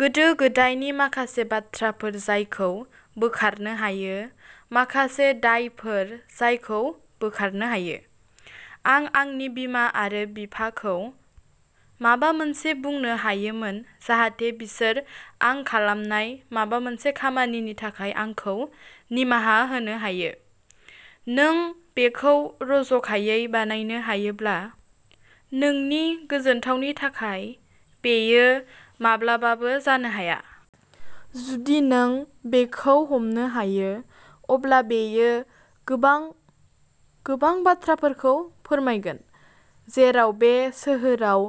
गोदो-गोदायनि माखासे बाथ्राफोर जायखौ बोखारनो हायो, माखासे दायफोर जायखौ बोखारनो हायो। "आं आंनि बिमा आरो बिफाखौ माबा मोनसे बुंनो हायोमोन, जाहाथे बिसोर आं खालामनाय माबा मोनसे खामानिनि थाखाय आंखौ निमाहा होनो हायो!" नों बेखौ जर'खायै बानायनो हायोब्ला, नोंनि गोजोनथावनि थाखाय, बेयो माब्लाबाबो जानो हाया। जुदि नों बेखौ हमनो हायो, अब्ला बेयो गोबां, गोबां बाथ्राफोरखौ फोरमायगोन। जेराव बे सोहोराव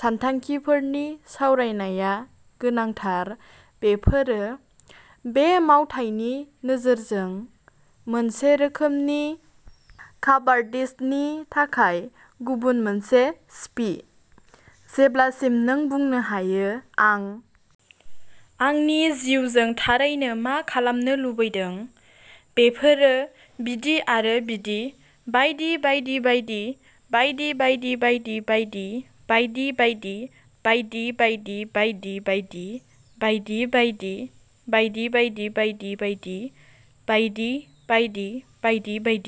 सानथांखिफोरनि सावरायनाया गोनांथार, बेफोरो, बे मावथायनि नोजोरजों, मोनसे रोखोमनि काबार्डिसनि थाखाय गुबुन मोनसे सिफि। जेब्लासिम नों बुंनो हायो, "आं आंनि जिउजों थारैनो मा खालामनो लुबैदों, बेफोरो बिदि आरो बिदि बायदि बायदि बायदि बायदि बायदि बायदि बायदि बायदि बायदि बायदि बायदि बायदि बायदि बायदि बायदि बायदि बायदि बायदि बायदि बायदि बायदि बायदि बायदि बायदि बायदि बायदि बायदि बायदि बायदि बायदि बायदि बायदि बायदि बायदि बायदि बायदि बायदि बायदि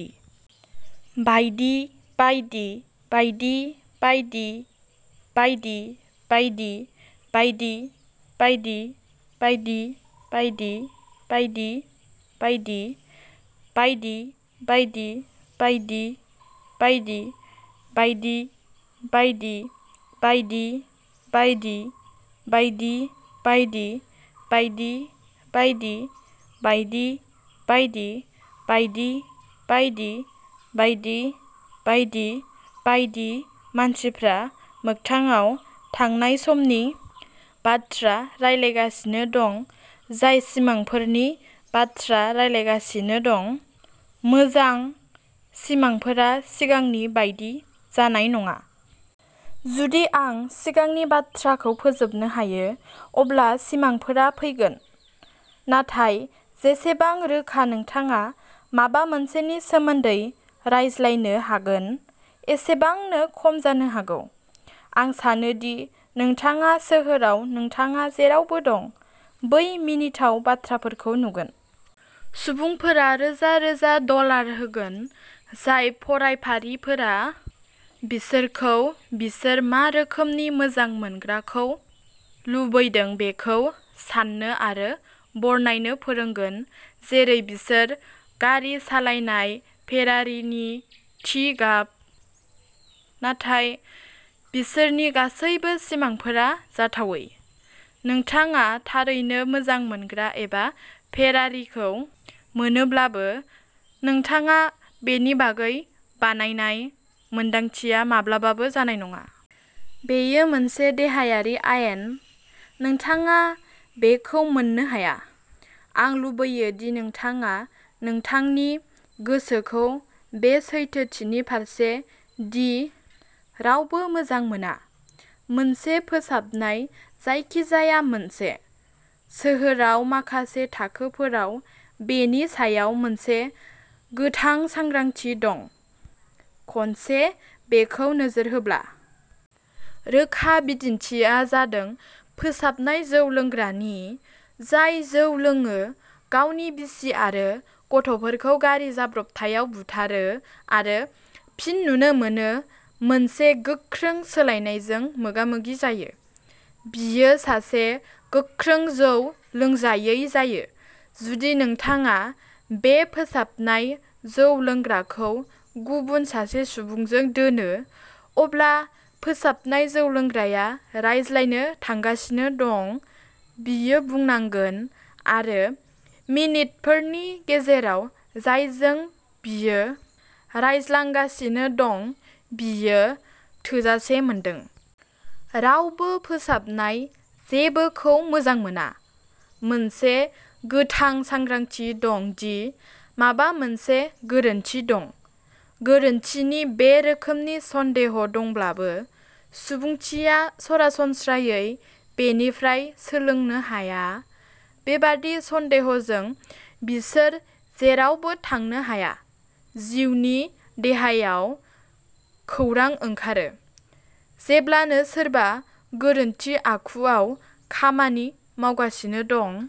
बायदि बायदि बायदि बायदि बायदि बायदि बायदि बायदि बायदि बायदि बायदि बायदि बायदि बायदि बायदि बायदि मानसिफ्रा मोगथाङाव थांनाय समनि बाथ्रा रायलायगासिनो दं, जाय सिमांफोरनि बाथ्रा रायलायगासिनो दं, "मोजां, सिमांफोरा सिगांनि बायदि जानाय नङा। जुदि आं सिगांनि बाथ्राखौ फोजोबनो हायो, अब्ला सिमांफोरा फैगोन।" नाथाय जेसेबां रोखा नोंथाङा माबा मोनसेनि सोमोन्दै रायज्लायनो हागोन, एसेबांनो खम जानो हागौ। आं सानो दि नोंथाङा सोहोराव नोंथाङा जेरावबो दं, बै मिनिथाव बाथ्राफोरखौ नुगोन। सुबुंफोरा रोजा रोजा डलार होगोन, जाय फरायफारिफोरा बिसोरखौ बिसोर मा रोखोमनि मोजां मोनग्राखौ लुबैदों बेखौ सान्नो आरो बरनायनो फोरोंगोन, जेरै बिसोर गारि सालायनाय फेरारीनि थि गाब। नाथाय बिसोरनि गासैबो सिमांफोरा जाथावै। नोंथाङा थारैनो मोजां मोनग्रा एबा फेरारिखौ मोनोब्लाबो, नोंथाङा बेनि बागै बानायनाय मोन्दांथिया माब्लाबाबो जानाय नङा। बेयो मोनसे देहायारि आयेन-- नोंथाङा बेखौ मोन्नो हाया। आं लुबैयो दि नोंथाङा नोंथांनि गोसोखौ बे सैथोथिनि फारसे दि रावबो मोजां मोना। मोनसे फोसाबनाय जायखिजाया मोनसे। सोहोराव माखासे थाखोफोराव बेनि सायाव मोनसे गोथां सांग्रांथि दं, खनसे बेखौ नोजोर होब्ला। रोखा बिदिन्थिआ जादों फोसाबनाय जौ लोंग्रानि-- जाय जौ लोङो, गावनि बिसि आरो गथ'फोरखौ गारि जाब्रबथायाव बुथारो, आरो फिन नुनो मोनो मोनसे गोख्रों सोलायनायजों मोगा-मोगि जायो। बियो सासे गोख्रों जौ लोंजायै जायो। जुदि नोंथाङा बे फोसाबनाय जौ लोंग्राखौ गुबुन सासे सुबुंजों दोनो, अब्ला फोसाबनाय जौ लोंग्राया रायज्लायनो थांगासिनो दं-- बियो बुंनांगोन-- आरो मिनितफोरनि गेजेराव जायजों बियो रायज्लांगासिनो दं बियो थोजासे मोनदों। रावबो फोसाबनाय जेबोखौ मोजां मोना। मोनसे गोथां सांग्रांथि दं दि माबा मोनसे गोरोन्थि दं। गोरोन्थिनि बे रोखोमनि सन्देह दंब्लाबो, सुबुंथिया सरासनस्रायै बेनिफ्राय सोलोंनो हाया-- बेबादि सन्देहजों बिसोर जेरावबो थांनो हाया। जिउनि देहायाव खौरां ओंखारो। जेब्लानो सोरबा गोरोन्थि आखुआव खामानि मावगासिनो दं,